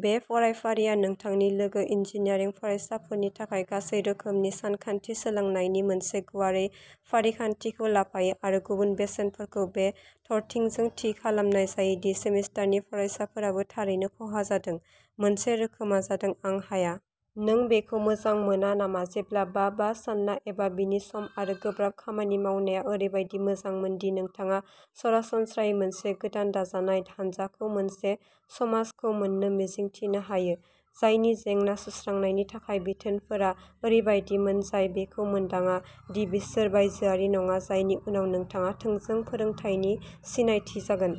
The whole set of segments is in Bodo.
बे फरायफारिआ नोंथांनि लोगो इन्जिनियारिं फरायसाफोरनि थाखाय गासै रोखोमनि सानखान्थि सोलोंनायनि मोनसे गुवारै फारिखान्थिखौ लाफायो आरो गुबुन बेसेनफोरखौ बे थारथिजों थि खालामनाय जायो दि सेमिस्टारनि फरायसाफोराबो थारैनो खहा जादों। मोनसे रोखोमआ जादों आं हाया। नों बेखौ मोजां मोना नामा जेब्ला बा बा सानना एबा बिनि सम आरो गोब्राब खामानि मावनाया ओरैबायदि मोजांमोन दि नोंथाङा सरासनस्रायै मोनसे गोदानै दाजानाय हानजाखौ मोनसे समाजखौ मोननो मिजिंथिनो हायो जायनि जेंना सुस्रांनायनि थाखाय बिथोनफोरा ओरैबायदिमोन जाय बेखौ मोनदाङा दि बिसोर बायजोआरि नङा जायनि उनाव नोंथाङा थोंजों फोरोंथायनि सिनायथि जागोन।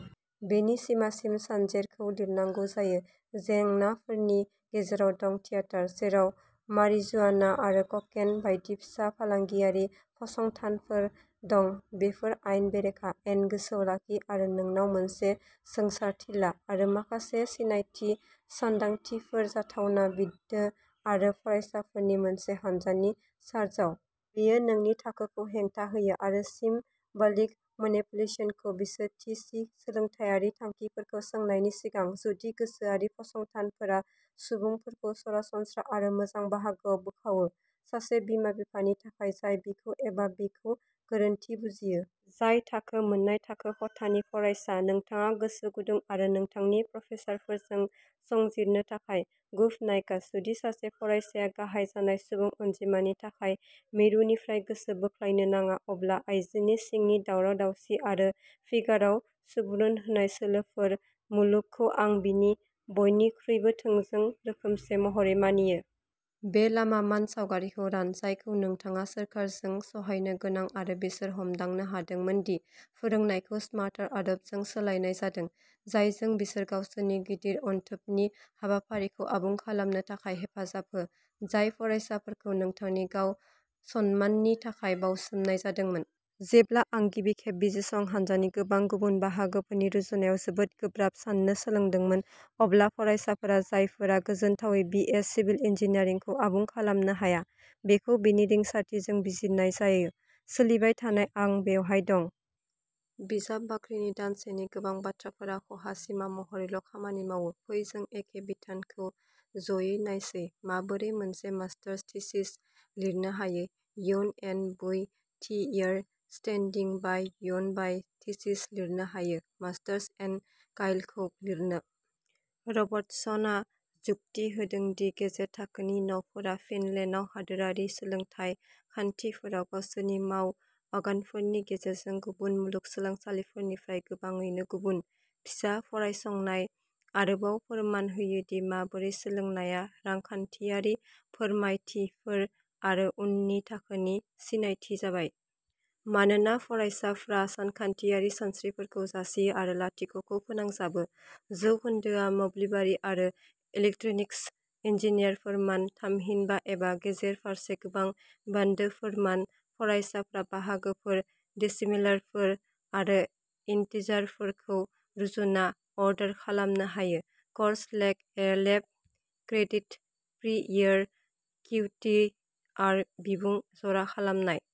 बेनि सिमासिम सानजेरखौ लिरनांगौ जायो। जेंनाफोरनि गेजेराव दं थियेटार। जेराव मारिजुआना आरो ककेन बायदि फिसा फालांगियारि फसंथानफोर दं। बेफोर आयेन बेरेखा। एड। गोसोआव लाखि आरो नोंनाव मोनसे जोंसारथि ला। आरो माखासे सिनायथि सानदांथिफोर जाथावना बिन्दो आरो फरायसाफोरनि मोनसे हान्जानि चारजाव। बेयो नोंनि थाखोखौ हेंथा होयो। आरो सिम ब'लिक मेनिपुलेसनखौ बिसोर थि सि सोलोंथायारि थांखिफोरखौ सोंनायनि सिगां। जुदि गोसोआरि फसंथानफोरा सुबुंफोरखौ सरासनस्रा आरो मोजां बाहागोआव बोखावो। सासे बिमा-बिफानि थाखाय जाय बिखौ एबा बिखौ गोरोन्थि बुजियो। जाय थाखो मोननाय थाखो खथानि फरायसा। नोंथाङा गोसो गुदुं आरो नोंथांनि प्रफेसारफोरजों संजिरनो थाखाय। गभ नाइक्स। जुदि सासे फरायसाया गाहाय जानाय सुबुं अनजिमानि थाखाय मिरुनिफ्राय गोसो बोख्लायनो नाङा। अब्ला आइजोनि सिंनि दावराव-दावसि आरो फिगाराव सुबुरुन होनाय सोलोफोर मुलुगखौ आं बिनि बयनिख्रुइबो थोंजों रोखोमसे महरै मानियो। बे लामा मानसावगारिखौ रान जायखौ नोंथाङा सोरखारजों सहायनो गोनां आरो बिसोरो हमदांनो हादोंमोन दि फोरोंनायखौ स्मार्टार आदबजों सोलायनाय जादों। जायजों बिसोर गावसोरनि गिदिर अनथोबनि हाबाफारिखौ आबुं खालामनो थाखाय हेफाजाब हो। जाय फरायसाफोरखौ नोंथांनि गाव-सनमाननि थाखाय बाउसोमनाय जादोंमोन। जेब्ला आं गिबिखेब बिजिरसं हान्जानि गोबां गुबुन बाहागोफोरनि रुजुनायाव जोबोद गोब्राब साननो सोलोंदोंमोन। अब्ला फरायसाफोरा जायफोरा गोजोनथावै बि. एस. सिभिल इन्जिनियारिंखौ आबुं खालामनो हाया। बेखौ बेनि रिंसारथिजों बिजिरनाय जायो। सोलिबाय थानाय आं बेवहाय दं। बिजाब बाख्रिनि दानसेनि गोबां बाथ्राफोरा खहा सिमा महरैल' खामानि मावो। फै जों एखे बिथोनखौ ज'यै नायसै। माबोरै मोनसे मास्टार्स थिसिस लिरनो हायो यव'न एन बुइ थि इयार स्टेनडिं बुइ यव'न बाइ थिसिस लिरनो हायो मास्टार्स एन काइलखौ लिरनो। रबार्टसनआ जुक्ति होदों दि गेजेर थाखोनि न'फोरा फिनलेन्डआव हादोरारि सोलोंथाय खान्थिफोराव गावसोरनि माव आगानफोरनि गेजेरजों गुबुन मुलुगसोलोंसालिफोरनिफ्राय गोबाङैनो गुबुन। पिसा फरायसंनाया आरोबाव फोरमान होयो दि माबोरै सोलायनायआ रांखान्थियारि फोरमायथिफोर आरो उननि थाखोनि सिनायथि जाबाय। मानोना फरायसाफ्रा सानखान्थियारि सानस्रिफोरखौ जासियो आरो लाथिख'खौ फोनांजाबो। जौखोन्दोआ मोब्लिबारि आरो इलेक्ट्रनिक्स इन्जिनियारफोरमोन थामहिनबा एबा गेजेर फारसे गोबां बिन्दोफोरमोन फरायसाफ्रा बाहागोफोर डेसिमेलारफोर आरो इन्टिजारफोरखौ रुजुना अर्डार खालामनो हायो। क'र्स लेक ए लेब क्रेडिट प्रि इयार किउटिआर बिमुं जरा खालामनाय।